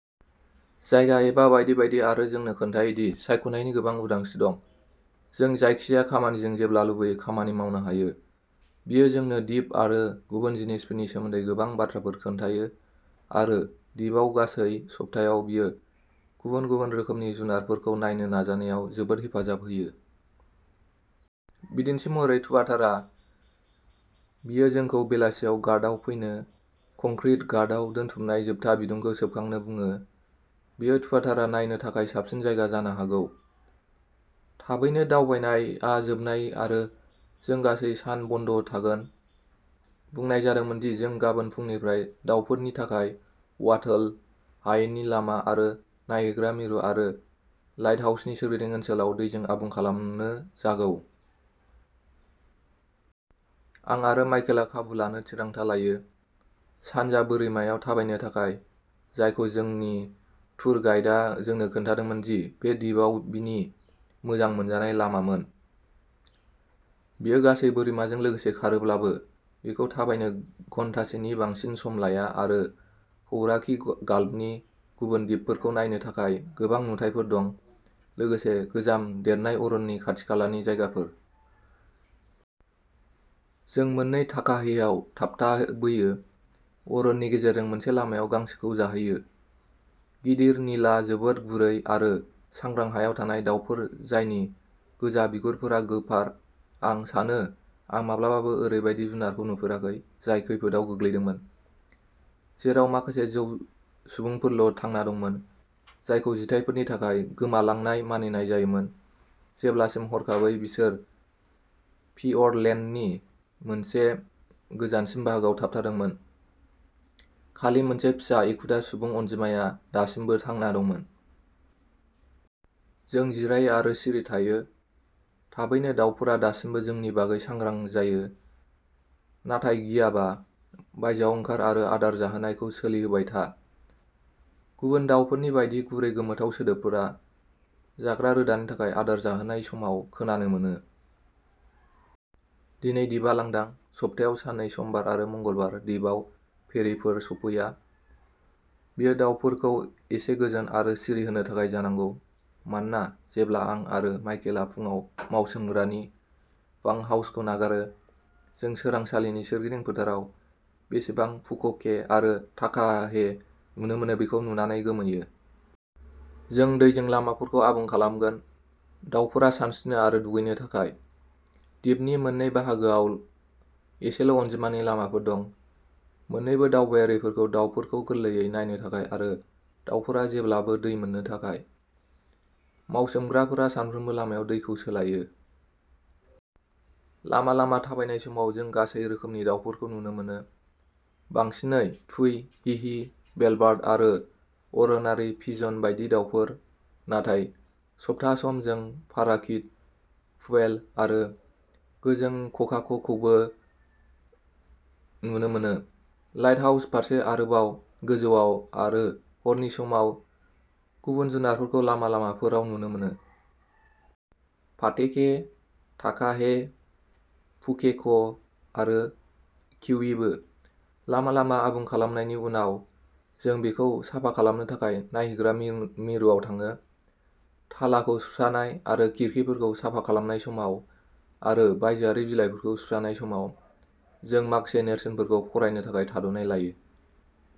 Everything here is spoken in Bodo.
जायगा एबा बायदि बायदि आरो जोंनो खोन्थायो दि सायख'नायनि गोबां उदांस्रि दं। जों जायखिजाया खामानिजों जेब्ला लुबैयो खामानि मावनो हायो। बियो जोंनो दिप आरो गुबुन जिनिसफोरनि सोमोन्दै गोबां बाथ्राफोर खोन्थायो आरो दिपआव गासै सप्तायाव बियो गुबुन गुबुन रोखोमनि जुनारफोरखौ नायनो नाजानायाव जोबोद हेफाजाब होयो। बिदिन्थि महरै तुआतारा, बियो जोंखौ बेलासियाव घाटआव फैनो, कंक्रिट घाटआव दोनथुमनाय जोबथा बिदुंखौ सोबखांनो बुङो। बेयो तुआतारा नायनो थाखाय साबसिन जायगा जानो हागौ। थाबैनो, "दावबायनाय" आ जोबबाय आरो जों गासै सान बन्द' थागोन, बुंनाय जादोंमोन दि जों गाबोन फुंनिफ्राय दावफोरनि थाखाय वाटल हायेननि लामा आरो नायहैग्रा मिरु आरो लाइटहाउसनि सोरगिदिं ओनसोलाव दैजों आबुं खालामनो जागौ। आं आरो माइकेलआ खाबु लानो थिरांथा लायो। सानजा बोरिमायाव थाबायनो थाखाय, जायखौ जोंनि टुर गाइडा जोंनो खिन्थादोंमोन दि बे दिपआव बिनि मोजां मोनजानाय लामामोन। बेयो गासै बोरिमाजों लोगोसे खारोब्लाबो, बेखौ थाबायनो घन्टासेनि बांसिन सम लाया, आरो हौराकी गाल्फनि गुबुन दिपफोरखौ नायनो थाखाय गोबां नुथायफोर दं, लोगोसे गोजाम देरनाय अरननि खाथि-खालानि जायगाफोर। जों मोन्नै ताकाहेआव थाबथाबोयो, अरननि गेजेरजों मोनसे लामायाव गांसोखौ जाहैयो। गिदिर, निला, जोबोद गुरै आरो सांग्रां हायाव थानाय दावफोर जायनि गोजा बिगुरफोरा गोफार, आं सानो आं माब्लाबाबो ओरैबायदि जुनारखौ नुफेराखै जाय खैफोदाव गोग्लैदोंमोन, जेराव माखासे जौ सुबुंफोराल' थांना दंमोन, जायखौ जिथायफोरनि थाखाय गोमालांनाय मानिनाय जायोमोन जेब्लासिम हरखाबै बिसोर फिअर्डलेन्डनि मोनसे गोजानसिन बाहागोआव थाबथादोंमोन, खालि मोनसे फिसा एखुथा सुबुं अनजिमाया दासिमबो थांना दंमोन। जों जिरायो आरो सिरि थायो। थाबैनो दावफोरा, दासिमबो जोंनि बागै सांग्रां जायो। नाथाय गियाबा, बायजोआव ओंखार आरो आदार जाहोनायखौ सोलिहोबाय था। गुबुन दाउफोरनि बायदि गुरै गोमोथाव सोदोबफोरा, जाग्रा रोदानि थाखाय आदार जाहोनाय समाव खोनानो मोनो। दिनै दिपआ लांदां। सप्तायाव साननै समबार आरो मंगलबार दिपआव फेरिफोर सौफैया। बेयो दावफोरखौ एसे गोजोन आरो सिरि होनो थाखाय जानांगौ, मानोना जेब्ला आं आरो माइकेलआ फुंआव मावसोमग्रानि बांकहाउसखौ नागारो, जों सोरांसालिनि सोरगिदिं फोथाराव बेसेबां पुक'के आरो ताकाहे नुनो मोनो बेखौ नुनानै गोमोयो। जों दैजों लामाफोरखौ आबुं खालामगोन, दावफोरा सानस्रिनो आरो दुगैनो थाखाय। दिपनि मोननै बाहागोआव एसेल' अनजिमानि लामाफोर दं, मोननैबो दावबायारिफोरखौ दावफोरखौ गोरलैयै नायनो थाखाय आरो दावफोरा जेब्लाबो दै मोननो थाखाय। मावसोमग्राफोरा सानफ्रोमबो लामायाव दैखौ सोलायो। लामा-लामा थाबायनाय समाव जों गासै रोखोमनि दावफोरखौ नुनो मोनो। बांसिनै तुई, हिहि, बेलबार्ड आरो अर'नारि पिजन बायदि दावफोर, नाथाय सप्ता सम जों पाराकिट, क्वेल आरो गोजों ककाक'खौबो नुनो मोनो। लाइटहाउस फारसे आरोबाव गोजौआव, आरो हरनि समाव, गुबुन जुनारफोरखौ लामा-लामाफोराव नुनो मोनो। पाटेके, ताकाहे, पुकेक' आरो किवीबो। लामा-लामा आबुं खालामनायनि उनाव, जों बेखौ साफा खालामनो थाखाय नायहैग्रा मिरुआव थाङो। थालाखौ सुस्रानाय आरो खिरखिफोरखौ साफा खालामनाय समाव आरो बायजोआरि बिलाइफोरखौ सुस्रानाय समाव, जों माखासे नेरसोनफोरखौ फरायनो थाखाय थाद'नाय लायो।